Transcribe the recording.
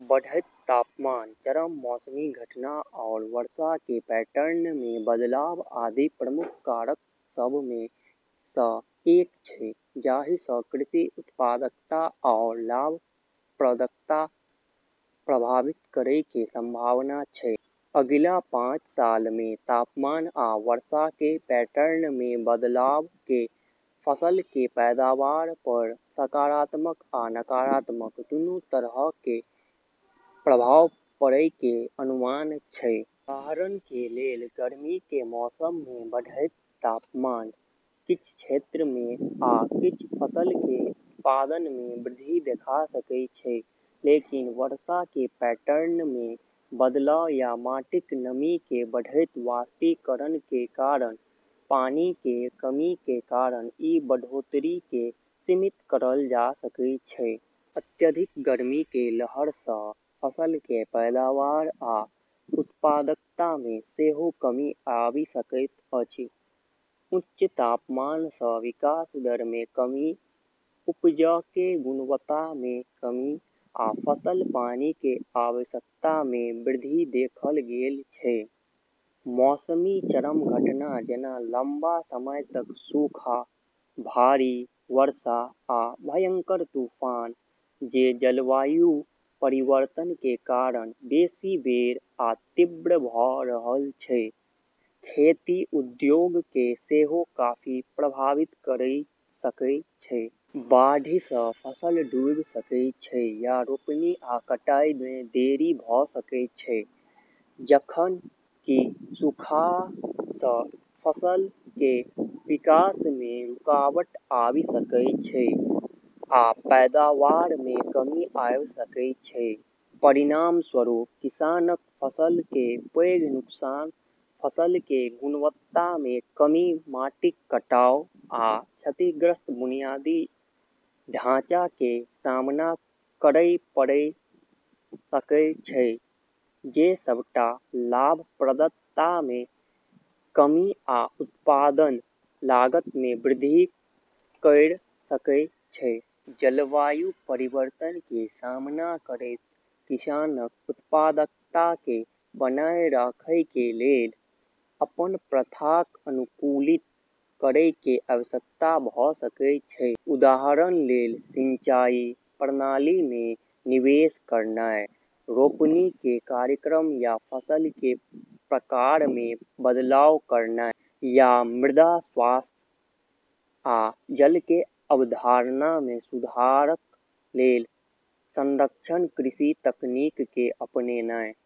बढ़ैत तापमान, चरम मौसमी घटना, आओर वर्षाके पैटर्नमे बदलाव आदि प्रमुख कारक सभमे सँ एक छै जाहिसँ कृषि उत्पादकता आओर लाभप्रदताके प्रभावित करैके संभावना छै। अगिला पांच सालमे तापमान आ वर्षाके पैटर्नमे बदलावके फसलके पैदावार पर सकारात्मक आ नकारात्मक दुन्नू तरहके प्रभाव पड़यके अनुमान छै । उदाहरणके लेल गर्मीके मौसममे बढ़ैत तापमान किछ क्षेत्रमे आ किछ फसलके उत्पादनमे वृद्धि देखा सकै छै, लेकिन वर्षाके पैटर्नमे बदलाव या माटिक नमीके बढ़ैत वाष्पीकरणके कारण पानिक कमीके कारण ई बढ़ोत्तरीके सीमित करल जा सकै छै। अत्यधिक गर्मी के लहर सँ फसलके पैदावार आ उत्पादकतामे सेहो कमी आबि सकैत अछि; उच्च तापमानसँ विकास दरमे कमी, उपजके गुणवत्तामे कमी, आ फसल-पानिके आवश्यकतामे वृद्धि देखल गेल छै । मौसमी चरम घटना जेना लंबा समय तक सूखा, भारी वर्षा, आ भयंकर तूफान- जे जलवायु परिवर्तनके कारण बेशी बेर आ तीव्र भ' रहल छै, खेती उद्योगके सेहो काफी प्रभावित करि सकै छै । बाढ़िसँ फसल डूबि सकै छै या रोपनी आ कटाइमे देरी भ' सकै छै, जखन कि सूखासँ फसलके विकासमे रुकावट आबि सकै छै आ पैदावारमे कमी आबि सकै छै । परिणामस्वरूप किसानक फसलके पैघ नुकसान, फसलके गुणवत्तामे कमी, माटिक कटाव, आ क्षतिग्रस्त बुनियादी ढाँचाके सामना करय पड़य सकै छै, जे सबटा लाभप्रदतामे कमी आ उत्पादन लागतमे वृद्धि कयर सकै छै । जलवायु परिवर्तनके सामना करैत किसानक उत्पादकताके बनाए राखैके लेल अपन प्रथाक अनुकूलित करैके आवश्यकता भ' सकै छै, उदाहरणके लेल सिंचाई प्रणालीमे निवेश करनाइ, रोपनीके कार्यक्रम या फसलके प्रकारमे बदलाव करनाइ या मृदा स्वास्थ्य आ जलके अवधारणमे सुधारक लेल संरक्षण कृषि तकनीकके अपनेनाइ ।